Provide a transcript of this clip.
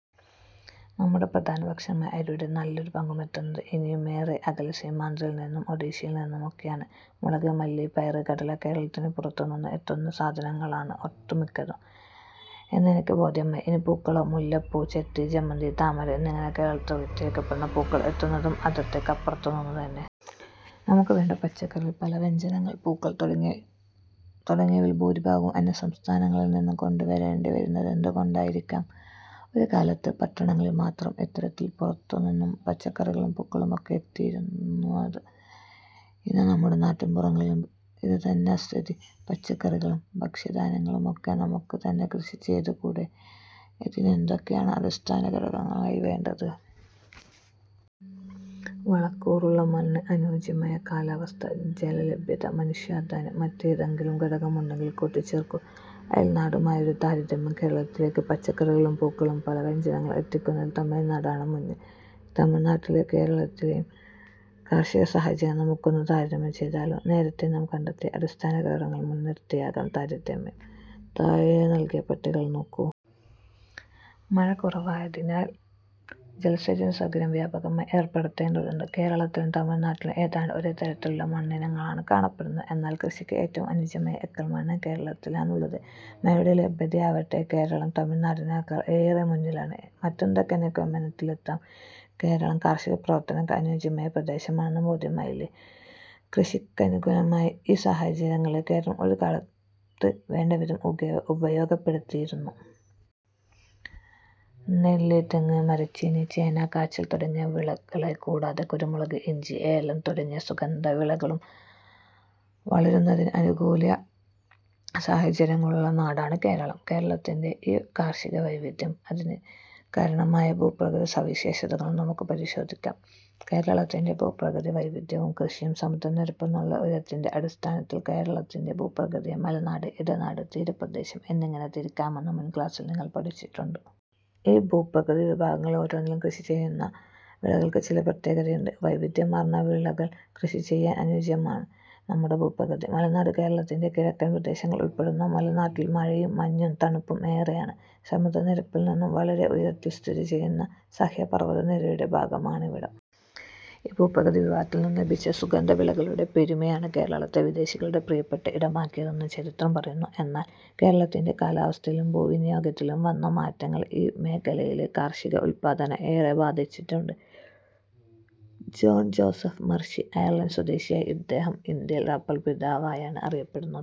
നമ്മുടെ പ്രധാനഭക്ഷണമായ അരിയുടെ നല്ലൊരു പങ്കുമെത്തുന്നത് ഇനിയു മേറെ അകലെ സീമാന്ധ്രയിൽ നിന്നും ഒഡിഷയിൽ നിന്നുമൊക്കെയാണ്. മുളക്, മല്ലി, പയർ, കടല... കേരളത്തിന് പുറത്തു നിന്നും എത്തുന്ന സാധനങ്ങളാണ് ഒട്ടുമിക്കതും എന്നെനിക്ക് ബോധ്യമായി. ഇനി പൂക്കളോ? മുല്ലപ്പൂ, ചെത്തി, ജമന്തി, താമര എന്നിങ്ങനെ കേരളത്തിൽ വിറ്റഴിക്കപ്പെടുന്ന പൂക്കൾ എത്തുന്നതും അതിർത്തിക്കപ്പുറത്തു നിന്നുതന്നെ. നമുക്ക് വേണ്ട പച്ചക്കറികൾ, പലവ്യഞ്ജനങ്ങൾ, പൂക്കൾ തുടങ്ങിയവയിൽ ഭൂരിഭാഗവും അന്യസംസ്ഥാനങ്ങളിൽ നിന്നും കൊണ്ടു വരേണ്ടിവരുന്നത് എന്തുകൊണ്ടായിരിക്കാം? ഒരു കാലത്ത് പട്ടണങ്ങളിൽ മാത്രമാണ് ഇത്തരത്തിൽ പുറത്തുനിന്നും പച്ചക്കറികളും പൂക്കളുമൊക്കെ എത്തിയിരുന്നത്. ഇന്ന് നമ്മുടെ നാട്ടിൻപുറങ്ങളിലും ഇതുതന്നെ സ്ഥിതി. പച്ചക്കറികളും ഭക്ഷ്യധാന്യങ്ങളുമൊക്കെ നമുക്ക് തന്നെ കൃഷി ചെയ്തുകൂടേ? ഇതിന് എന്തൊക്കെയാണ് അടിസ്ഥാനഘടകങ്ങളായി വേണ്ടത്? വളക്കൂറുള്ള മണ്ണ്, അനുയോജ്യമായ, കാലാവസ്ഥ, ജലലഭ്യത, മനുഷ്യാധ്വാനം മറ്റേതെങ്കിലും ഘടകങ്ങളുണ്ടങ്കിൽ കൂട്ടിച്ചേർക്കൂ. അയൽനാടുമായൊരു താരതമ്യം കേരളത്തിലേക്ക് പച്ചക്കറികളും പൂക്കളും പലവ്യഞ്ജനങ്ങളും എത്തിക്കുന്നതിൽ തമിഴ്നാടാണ് മുന്നിൽ. തമിഴ്നാട്ടിലെയും കേരളത്തിലെയും കാർഷിക സാഹചര്യങ്ങൾ നമുക്കൊന്ന് താരതമ്യം ചെയ്താലോ? നേരത്തെ നാം കണ്ടെത്തിയ അടിസ്ഥാനഘടകങ്ങൾ മുൻനിർത്തിയാകാം താരതമ്യം. താഴെ നൽകിയ പട്ടികകൾ നോക്കൂ. മഴ കുറവായതിനാൽ ജലസേചന സൗകര്യം വ്യാപകമായി ഏർപ്പെടുത്തേണ്ടതുണ്ട്. കേരളത്തിലും തമിഴ്നാട്ടിലും ഏതാണ്ട് ഒരേതരത്തിലുള്ള മണ്ണിനങ്ങളാണ് കാണപ്പെടുന്നത്. എന്നാൽ കൃഷിക്ക് ഏറ്റവും അനുയോജ്യമായ എക്കൽമണ്ണ് കേരളത്തിലാണുള്ളത്. മഴയുടെ ലഭ്യതയിലാകട്ടെ കേരളം തമിഴ്നാടിനേക്കാൾ ഏറെ മുന്നിലാണ്. മറ്റെന്തൊക്കെ നിഗമനങ്ങളിലെത്താം? കേരളം കാർഷിക പ്രവർത്തനങ്ങൾക്ക് അനുയോജ്യമായ പ്രദേശമാണെന്ന് ബോധ്യമായില്ലേ? കൃഷിക്കനുകൂലമായ ഈ സാഹചര്യങ്ങളെ കേരളം ഒരു കാലത്ത് വേണ്ടവിധം ഉപയോഗപ്പെടുത്തിയിരുന്നു. തെങ്ങ്, നെല്ല്, മരച്ചീനി, ചേന, കാച്ചിൽ തുടങ്ങിയ വിളകളെക്കൂടാതെ കുരുമുളക്, ഇഞ്ചി, ഏലം തുടങ്ങിയ സുഗന്ധവിളകളും വളരുന്നതിന് അനുകൂല സാഹചര്യങ്ങളുള്ള നാടാണ് കേരളം. കേരളത്തിന്റെ ഈ കാർഷികവൈവിധ്യവും അതിനു കാരണമായ ഭൂപ്രകൃതിസവിശേഷതകളും നമുക്ക് പരിശോധിക്കാം. കേരളത്തിന്റെ ഭൂപ്രകൃതി വൈവിധ്യവും കൃഷിയും സമുദ്രനിരപ്പിൽ നിന്നുള്ള ഉയരത്തിന്റെ അടിസ്ഥാനത്തിൽ കേരളത്തിന്റെ ഭൂപ്രകൃതിയെ മലനാട്, ഇടനാട്, തീരപ്രദേശം എന്നിങ്ങനെ തിരിക്കാമെന്ന് മുൻ ക്ലാസ്സിൽ നിങ്ങൾ പഠിച്ചിട്ടുണ്ട്. ഈ ഭൂപ്രകൃതി വിഭാഗങ്ങളോരോന്നിലും കൃഷി ചെയ്യുന്ന വിളകൾക്ക് ചില പ്രത്യേകതകളുണ്ട്. വൈവിധ്യമാർന്ന വിളകൾ കൃഷി ചെയ്യാൻ അനുയോജ്യമാണ് നമ്മുടെ ഭൂപ്രകൃതി. മലനാട് കേരളത്തിന്റെ കിഴക്കൻ പ്രദേശങ്ങൾ ഉൾപ്പെടുന്ന മല നാട്ടിൽ മഴയും മഞ്ഞും തണുപ്പും ഏറെയാണ്. സമുദ്ര നിരപ്പിൽ നിന്നും വളരെ ഉയരത്തിൽ സ്ഥിതി ചെയ്യുന്ന സഹ്യപർവ്വതനിരയുടെ ഭാഗമാണിവിടം. ഈ ഭൂപ്രകൃതി വിഭാഗത്തിൽ നിന്നും ലഭിച്ച സുഗന്ധ വിളകളുടെ പെരുമയാണ് കേരളത്തെ വിദേശികളുടെ പ്രിയപ്പെട്ട ഇടമാക്കിയതെന്ന് ചരിത്രം പറയുന്നു. എന്നാൽ കേരളത്തിന്റെ കാലാവസ്ഥയിലും ഭൂവിനിയോഗത്തിലും വന്ന മാറ്റങ്ങൾ ഈ മേഖലയിലെ കാർഷിക ഉല്പാദനത്തെ ഏറെ ബാധിച്ചിട്ടുണ്ട്. ജോൺ ജോസഫ് മർഷി അയർലന്റ് സ്വദേശിയായ ഇദ്ദേഹം ഇന്ത്യയിലെ റബർ പിതാവായാണ് അറിയപ്പെടുന്നത്.